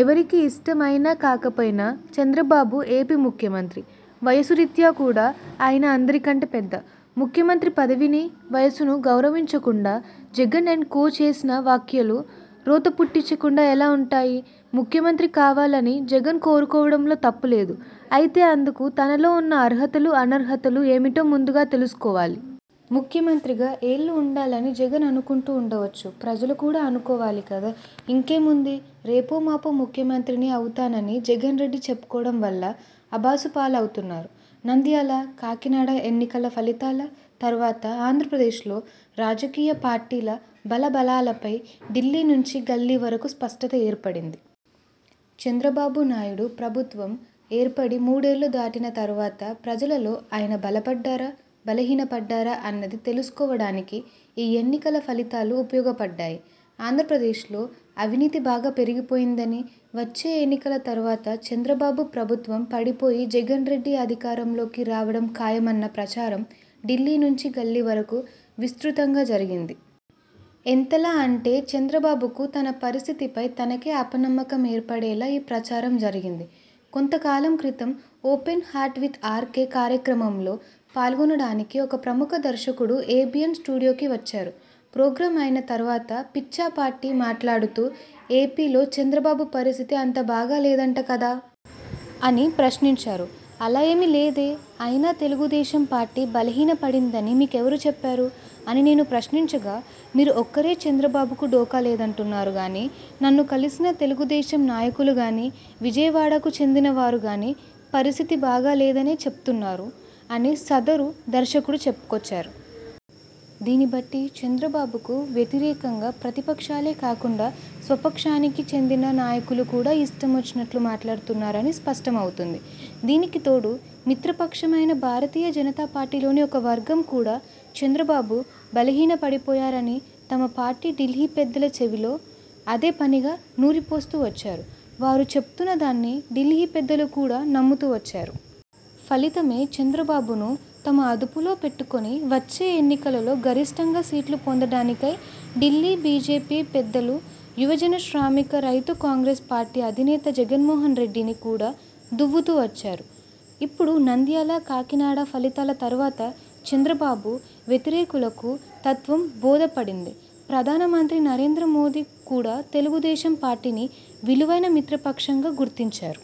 ఎవరికి ఇష్టం అయినా కాకపోయినా చంద్రబాబు ఏపీ ముఖ్యమంత్రి. వయసు రీత్యా కూడా ఆయన అందరికంటే పెద్ద. ముఖ్యమంత్రి పదవిని, వయసును గౌరవించకుండా జగన్ అండ్ కో చేసిన వ్యాఖ్యలు రోత పుట్టించకుండా ఎలా ఉంటాయి? ముఖ్యమంత్రి కావాలని జగన్ కోరుకోవడంలో తప్పు లేదు. అయితే అందుకు తనలో ఉన్న అర్హతలు, అనర్హతలు ఏమిటో ముందుగా తెలుసుకోవాలి. ముఖ్యమంత్రిగా ఏళ్లు ఉండాలని జగన్ అనుకుంటూ ఉండవచ్చు. ప్రజలు కూడా అనుకోవాలి కదా! ఇంకేముంది రేపో మాపో ముఖ్యమంత్రిని అవుతున్నానని జగన్మోహన్రెడ్డి చెప్పుకోవడం వల్ల అభాసుపాలవుతున్నారు. నంద్యాల, కాకినాడ ఎన్నికల ఫలితాల తర్వాత ఆంధ్రప్రదేశ్లో రాజకీయ పార్టీల బలాబలాలపై ఢిల్లీ నుంచి గల్లీ వరకు స్పష్టత ఏర్పడింది. చంద్రబాబునాయుడు ప్రభుత్వం ఏర్పడి మూడేళ్లు దాటిన తర్వాత ప్రజలలో ఆయన బలపడ్డారా? బలహీనపడ్డారా? అన్నది తెలుసుకోవడానికి ఈ ఎన్నికల ఫలితాలు ఉపయోగపడ్డాయి. ఆంధ్రప్రదేశ్లో అవినీతి బాగా పెరిగిపోయిందనీ, వచ్చే ఎన్నికల తర్వాత చంద్రబాబు ప్రభుత్వం పడిపోయి జగన్మోహన్రెడ్డి అధికారంలోకి రావడం ఖాయమన్న ప్రచారం ఢిల్లీ నుంచి గల్లీ వరకు విస్తృతంగా జరిగింది. ఎంతలా అంటే చంద్రబాబుకు తన పరిస్థితిపై తనకే అపనమ్మకం ఏర్పడేలా ఈ ప్రచారం జరిగింది. కొంతకాలం క్రితం 'ఓపెన్ హార్ట్ విత్ ఆర్కే' కార్యక్రమంలో పాల్గొనడానికి ఒక ప్రముఖ దర్శకుడు ఏబీఎన్ స్టూడియోకు వచ్చారు. ప్రోగ్రాం అయిన తర్వాత పిచ్చాపాటీ మాట్లాడుతూ 'ఏపీలో చంద్రబాబు పరిస్థితి అంత బాగా లేదంట కదా! ' అని ప్రశ్నించారు. 'అలా ఏమీ లేదే- అయినా తెలుగుదేశం పార్టీ బలహీనపడిందని మీకు ఎవరు చెప్పారు? ' అని నేను ప్రశ్నించగా, 'మీరు ఒక్కరే చంద్రబాబుకు ఢోకా లేదంటున్నారు గానీ నన్ను కలిసిన తెలుగుదేశం నాయకులు గానీ, విజయవాడకు చెందినవారు గానీ పరిస్థితి బాగా లేదనే చెబుతున్నారు' అని సదరు దర్శకుడు చెప్పుకొచ్చారు. దీన్నిబట్టి చంద్రబాబుకు వ్యతిరేకంగా ప్రతిపక్షాలే కాకుండా స్వపక్షానికి చెందిన నాయకులు కూడా ఇష్టమొచ్చినట్లు మాట్లాడుతున్నారని స్పష్టమవుతోంది. దీనికి తోడు మిత్రపక్షమైన భారతీయ జనతా పార్టీలోని ఒక వర్గం కూడా చంద్రబాబు బలహీనపడిపోయారని తమ పార్టీ ఢిల్లీ పెద్దల చెవిలో అదే పనిగా నూరిపోస్తూ వచ్చారు. వారు చెబుతున్న దాన్ని ఢిల్లీ పెద్దలు కూడా నమ్ముతూ వచ్చారు. ఫలితమే చంద్రబాబును తమ అదుపులో పెట్టుకుని వచ్చే ఎన్నికలలో గరిష్ఠంగా సీట్లు పొందడానికై ఢిల్లీ బీజేపీ పెద్దలు యువజన శ్రామిక రైతు కాంగ్రెస్ పార్టీ అధినేత జగన్మోహన్రెడ్డిని కూడా దువ్వుతూ వచ్చారు. ఇప్పుడు నంద్యాల, కాకినాడ ఫలితాల తర్వాత చంద్రబాబు వ్యతిరేకులకు తత్వం బోధపడింది. ప్రధానమంత్రి నరేంద్ర మోదీ కూడా తెలుగుదేశం పార్టీని 'విలువైన మిత్రపక్షం'గా గుర్తించారు.